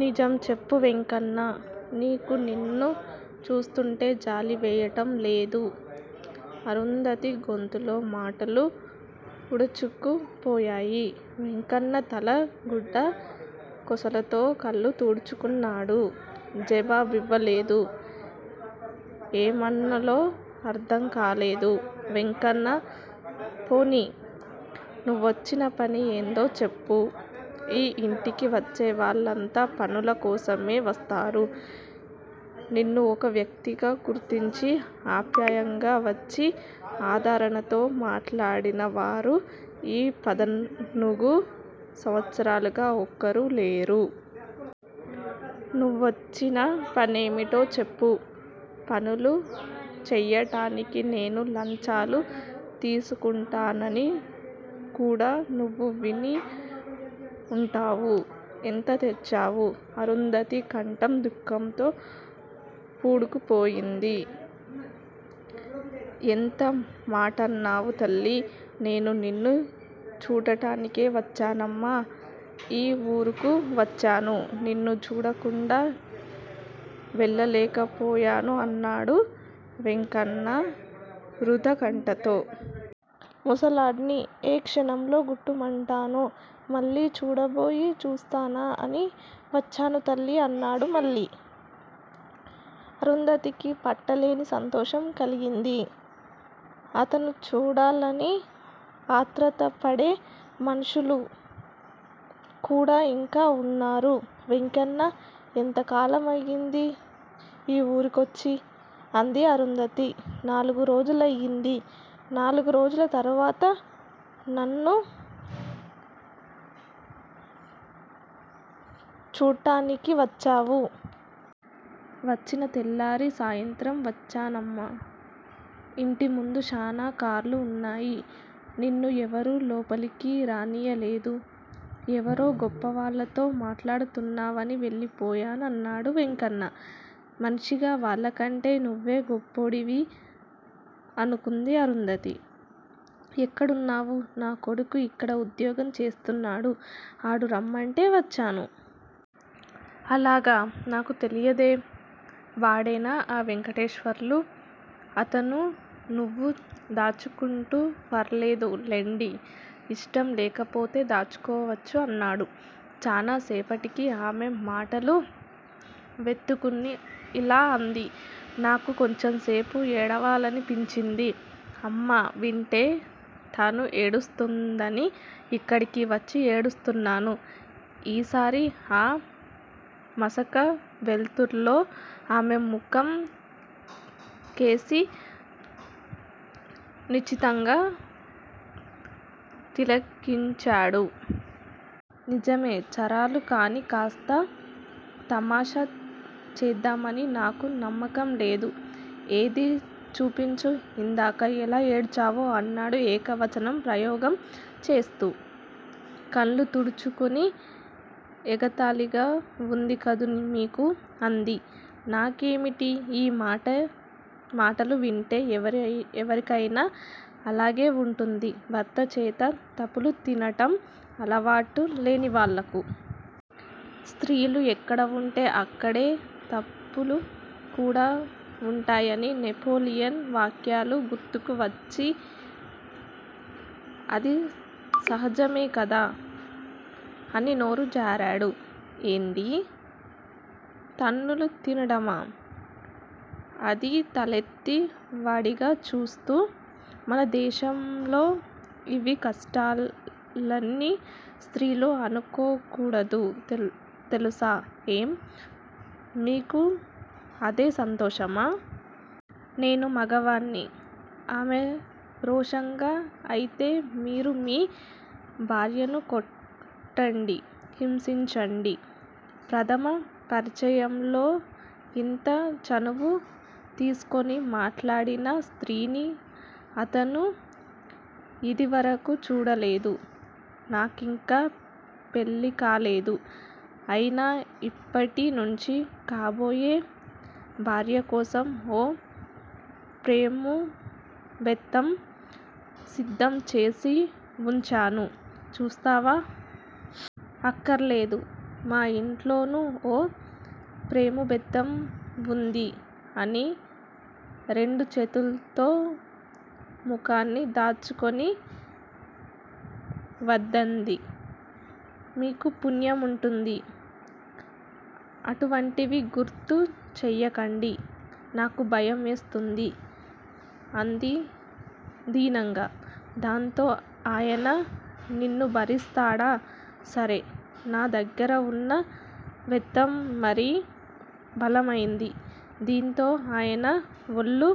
నిజం చెప్పు వెంకన్నా! నీకు నీన్ను చూస్తూంటే జాలి వెయ్యటంలేదూ? అరుంధతి గొంతులో మాటలు ఉండచుట్టుకుపోయాయి. వెంకన్న తలగుడ్డ కొసలతో కళ్ళు తుడుచుకున్నాడు. జవాబివ్వలేదు. ఏమనాలో అర్ధంకాలేదు. వెంకన్నా! పోనియ్. నువ్వొచ్చిన పని ఏదో చెప్పు. ఈ ఇంటికి వచ్చేవాళ్ళంతా పనులకోసమే వస్తారు. నీన్ను ఒక వ్యక్తిగా గుర్తించి, ఆప్యాయంగా వచ్చి ఆదరణతో మాట్లాడినవారు ఈ పద్దానుగు సంవత్సరాలుగా ఒక్కరూ లేరు. నువ్వొచ్చిన పనేమిటో చెప్పు. పనులు చెయ్యటానికి నేను లంచాలు తీసుకుంటానని కూడా నువ్వు విని ఉంటావు. ఎంత తెచ్చావు? అరుంధతి కంఠం దుఃఖంతో పూడుకుపోయింది. ఎంత మాటన్నావు తల్లీ! నేను నిన్ను చూట్టానికే వచ్చానమ్మా! ఈ వూరుకు వచ్చాను. నిన్ను చూడకుండా వెళ్ళలేకపోయాను అన్నాడు వెంకన్న రుద్ధకంఠంతో. ముసలాడ్ని! ఏ క్షణంలో గుట్టుమంటానో. మళ్ళీ చూడబోయి చూస్తానా అని వచ్చాను తల్లీ! అన్నాడు మళ్ళీ. అరుంధతికి పట్టలేని సంతోషం కలిగింది. అతను చూడాలని ఆత్రపడే మనుష్యులు కూడా ఇంకా ఉన్నారు! వెంకన్నా! ఎంత కాలమయింది ఈ ఉరికి వచ్చి? అంది అరుంధతి. నాలుగు రోజులయింది. నాలుగు రోజుల తరవాతా నన్ను చూట్టానికి వచ్చావు? వచ్చిన తెల్లారీ, సాయంత్రం వచ్చానమ్మా! ఇంటిముందు శానా కార్లు ఉన్నాయి. నీన్ను ఎవరూ లోపలకు రానియ్యలేదు. ఎవరో గొప్పోళ్ళతో మాట్లాడుతున్నావని వెళ్ళిపోయాను అన్నాడు వెంకన్న. మనిషిగా వాళ్ళకంటే నువ్వే గొప్పోడివి అనుకుంది అరుంధతి. ఎక్కడున్నావు? నా కొడుకు ఇక్కడ ఉద్యోగం చేస్తున్నాడు. ఆడు రమ్మంటే వచ్చాను. అలాగా! నాకు తెలియదే? వాడేనా ఆ వెంకటేశ్వర్లు? అతను నవ్వు దాచుకుంటూ ఫర్వాలేదు లెండి ఇష్టం లేకపోతే దాచుకోవచ్చు అన్నాడు. చాలా సేపటికి ఆమె మాటలు వెత్తుకోని యిలా అంది. నాకు కొంచెంసేపు ఏడవాలనిపించింది. అమ్మ వింటే తనూ ఏడుస్తుందని యిక్కడకు వచ్చి ఏడుస్తున్నా. ఈసారి ఆ మసక వెల్తుర్లో ఆమె ముఖంకేసి నిశితంగా తిలకించాడు. నిజమే! చారలు కానీ కాస్త తమాషా చేద్దామని నాకు నమ్మకంలేదు. ఏదీ చూపించు, ఇందాక ఎలా ఏడ్చావో అన్నాడు ఏకవచన ప్రయోగం చేస్తూ. కళ్ళు తుడుచుకుని ఎగతాళిగా వుంది కదూ మీకు? అంది. నాకేమిటి, యీ మాటలు వింటే ఎవరికైనా అలాగే వుంటుంది. భర్తచేత తాపులు తినటం అలవాటు లేనివాళ్ళకు. స్త్రీలు ఎక్కడవుంటే అక్కడే తప్పులు కూడా వుంటాయనీ నెపోలియన్ వాక్యాలు గుర్తుకు వచ్చి అది సహజమే కదా? అని నోరు జారాడు. ఏందీ? తన్నులు తినడమా? అది తలెత్తి వాడిగా చూస్తూ. మన దేశంలో యివి కష్టాలని స్త్రీలు అనుకోకూడదు తెలుసా? ఏం? మీకూ అదే సంతోషమా? నేను మగవాడ్ని. ఆమె రోషంగా అయితే మీరు మీ భార్యను కొట్టండి, హింసించండి. ప్రధమ పరిచయంలో యింత చనువు తీస్కుని మాట్లాడిన స్త్రీని అతను యిదివరకు చూడలేదు. నాకింకా పెళ్ళికాలేదు. అయినా యిప్పటి నుంచీ కాబోయే భార్యకోసం ఓ పేముబెత్తం సిద్దం చేసి వుంచాను. చూస్తావా? అక్కర్లేదు. మా యింట్లోనూ ఓ పేముబెత్తం వుంది అని, రెండు చేతుల్తో ముఖాన్ని దాచుకుని వద్దండీ, మీకు పుణ్యముంటుంది. అటువంటివి గుర్తు చేయకండి. నాకు భయమేస్తుంది. అంది దీనంగా. దాంతో ఆయన నిన్ను బారీస్తాడా? సరే. నా దగ్గరవున్న బెత్తం మరీ బలమైంది. దీంతో ఆయన ఒళ్ళు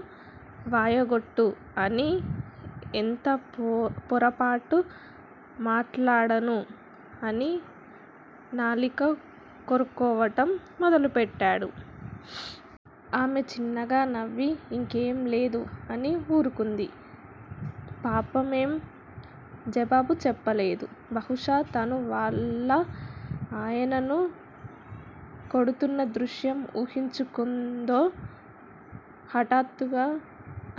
వాయగొట్టు అని ఎంత పొరపాటు మాట్లాడానూ అని నాలిక కొరుక్కోవటం మొదలుపెట్టాడు. ఆమె చిన్నగా నవ్వి ఇంకేం లేదు అని ఊరుకుంది. ఆపావేం? జవాబు చెప్పలేదు. బహుశా తను వాళ్ళ ఆయనను కొడుతూన్న దృశ్యం ఊహిస్తోందేమో హఠాత్తుగా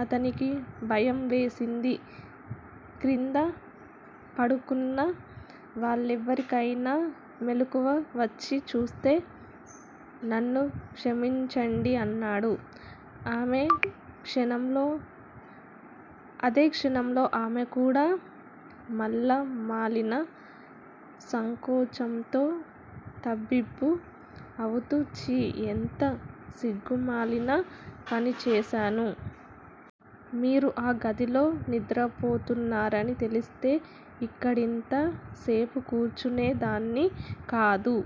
అతనికి భయంవేసింది క్రింద పడుకున్న వాళ్ళెవరికైనా మెలకువ వచ్చి చూస్తే? నన్ను క్షమించండి అన్నాడు. అదే క్షణంలో ఆమె కూడా వల్లమాలిన సంకోచంతో తబ్బిబ్బు అవుతూ ఛీ ఎంత సిగ్గుమాలిన పనిచేశాను? మీరు ఆ గదిలో నిద్రపోతున్నారని తెలిస్తే యిక్కడింత సేపు కూర్చునే దాన్ని కాదు.